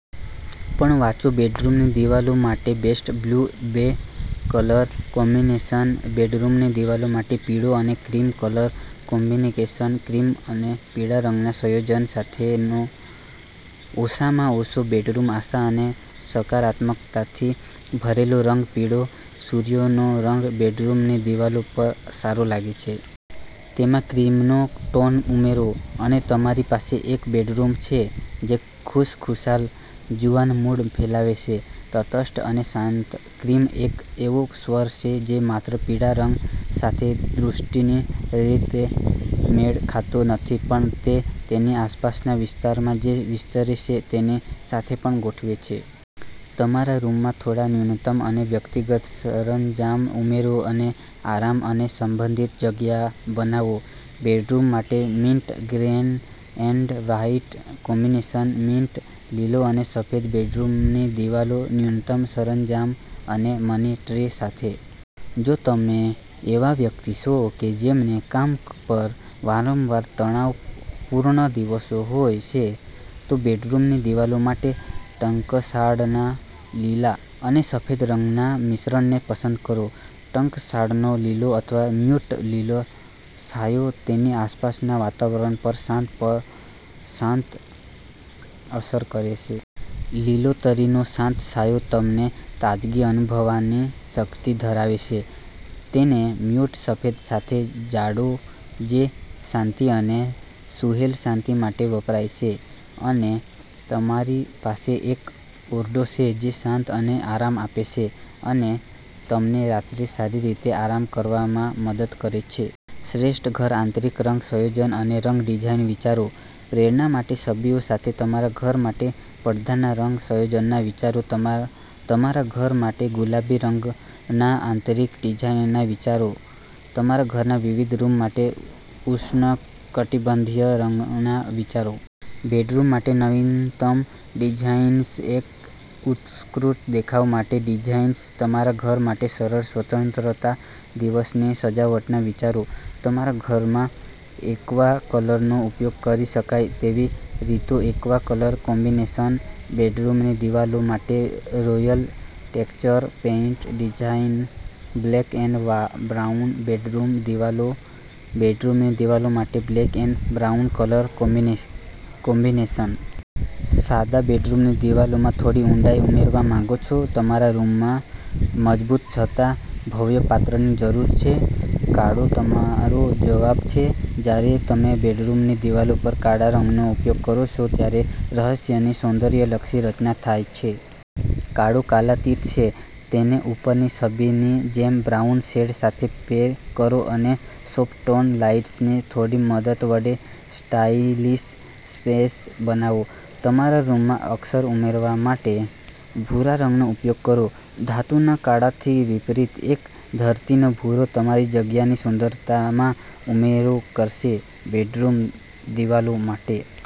પણ વાંચો બેડરૂમની દિવાલો માટે બેસ્ટ બ્લુ બે કલર કોમ્બિનેશન બેડરૂમની દિવાલો માટે પીળો અને ક્રીમ કલર કોમ્બિનેશન. ક્રીમ અને પીળા રંગના સંયોજન સાથેનો ઓછામાં ઓછો બેડરૂમ, આશા અને સકારાત્મકતાથી ભરેલો રંગ.પીળો, સૂર્યનો રંગ, બેડરૂમની દિવાલો પર સારો લાગે છે. તેમાં ક્રીમનો ટોન ઉમેરો, અને તમારી પાસે એક બેડરૂમ છે જે ખુશખુશાલ, જુવાન મૂડ ફેલાવે છે. તટસ્થ અને શાંત, ક્રીમ એક એવો સ્વર છે જે માત્ર પીળા રંગ સાથેદૃષ્ટિની રીતે મેળ ખાતો નથી પણ તે તેની આસપાસના વિસ્તારમાં જે વિસ્તરે છે તેની સાથે પણ ગોઠવે છે. તમારા રૂમમાં થોડો ન્યૂનતમ અને વ્યક્તિગત સરંજામ ઉમેરો અને આરામ અને સંબંધિત જગ્યા બનાવો. બેડરૂમ માટે mint green and white combination. Mint લીલી અને સફેદ બેડરૂમની દિવાલો ન્યૂનતમ સરંજામ અને મની ટ્રી સાથે. જો તમે એવા વ્યક્તિ છો કે જેમને કામ પર વારંવાર તણાવપૂર્ણ દિવસો હોય છે, તો બેડરૂમની દિવાલો માટે ટંકશાળના લીલા અને સફેદ રંગના મિશ્રણને પસંદ કરો. ટંકશાળનો લીલો અથવા મ્યૂટ લીલો છાંયો તેની આસપાસના વાતાવરણ પર શાંત અસર કરે છે. લીલોતરીનો શાંત છાંયો તમને તાજગી અનુભવવાની શક્તિ ધરાવે છે. તેને મ્યૂટ સફેદ સાથે જોડો જે શાંતિ અને સુલેહ-શાંતિ માટે વપરાય છે અને તમારી પાસે એક ઓરડો છે જે શાંત અને આરામ આપે છે અને તમને રાત્રે સારી રીતે આરામ કરવામાં મદદ કરે છે. શ્રેષ્ઠ ઘર આંતરિક રંગ સંયોજન અને રંગ ડિઝાઇન વિચારો. પ્રેરણા માટે છબીઓ સાથે તમારા ઘર માટે પડદાના રંગ સંયોજનના વિચારો. તમારા ઘર માટે ગુલાબી રંગના આંતરિક ડિઝાઇનના વિચારો. તમારા ઘરના વિવિધ રૂમ માટે ઉષ્ણકટિબંધીય રંગના વિચારો. બેડરૂમ માટે નવીનતમ ડિઝાઇન્સએક ઉત્કૃષ્ટ દેખાવ માટે ડિઝાઇન્સ, તમારા ઘર માટે સરળ સ્વતંત્રતા દિવસની સજાવટના વિચારો. તમારા ઘરમાં એક્વા કલરનો ઉપયોગ કરી શકાય તેવી રીતોએક્વા કલર કોમ્બિનેશન, બેડરૂમની દિવાલો માટે royal texture paint design, black અને બ્રાઉન બેડરૂમ દિવાલો, બેડરૂમની દિવાલો માટે બ્લેક અને બ્રાઉન કલર કોમ્બિનેશન. સાદા બેડરૂમની દિવાલોમાં થોડી ઊંડાઈ ઉમેરવા માંગો છો? તમારા રૂમમાં મજબૂત છતાં ભવ્ય પાત્રની જરૂર છે? કાળો તમારો જવાબ છે. જ્યારે તમે બેડરૂમની દિવાલો પર કાળા રંગનો ઉપયોગ કરો છો, ત્યારે રહસ્યની સૌંદર્યલક્ષી રચના થાય છે. કાળો કાલાતીત છે. તેને ઉપરની છબીની જેમ બ્રાઉન શેડ સાથે પેર કરો અને સોફ્ટ-ટોન લાઇટ્સની થોડી મદદ વડે સ્ટાઇલિશ સ્પેસ બનાવો. તમારા રૂમમાં અક્ષર ઉમેરવા માટે ભૂરા રંગનો ઉપયોગ કરો. ધાતુના કાળાથી વિપરીત, એક ધરતીનો ભૂરો તમારી જગ્યાની સુંદરતામાં ઉમેરો કરશે. બેડરૂમ દિવાલો માટે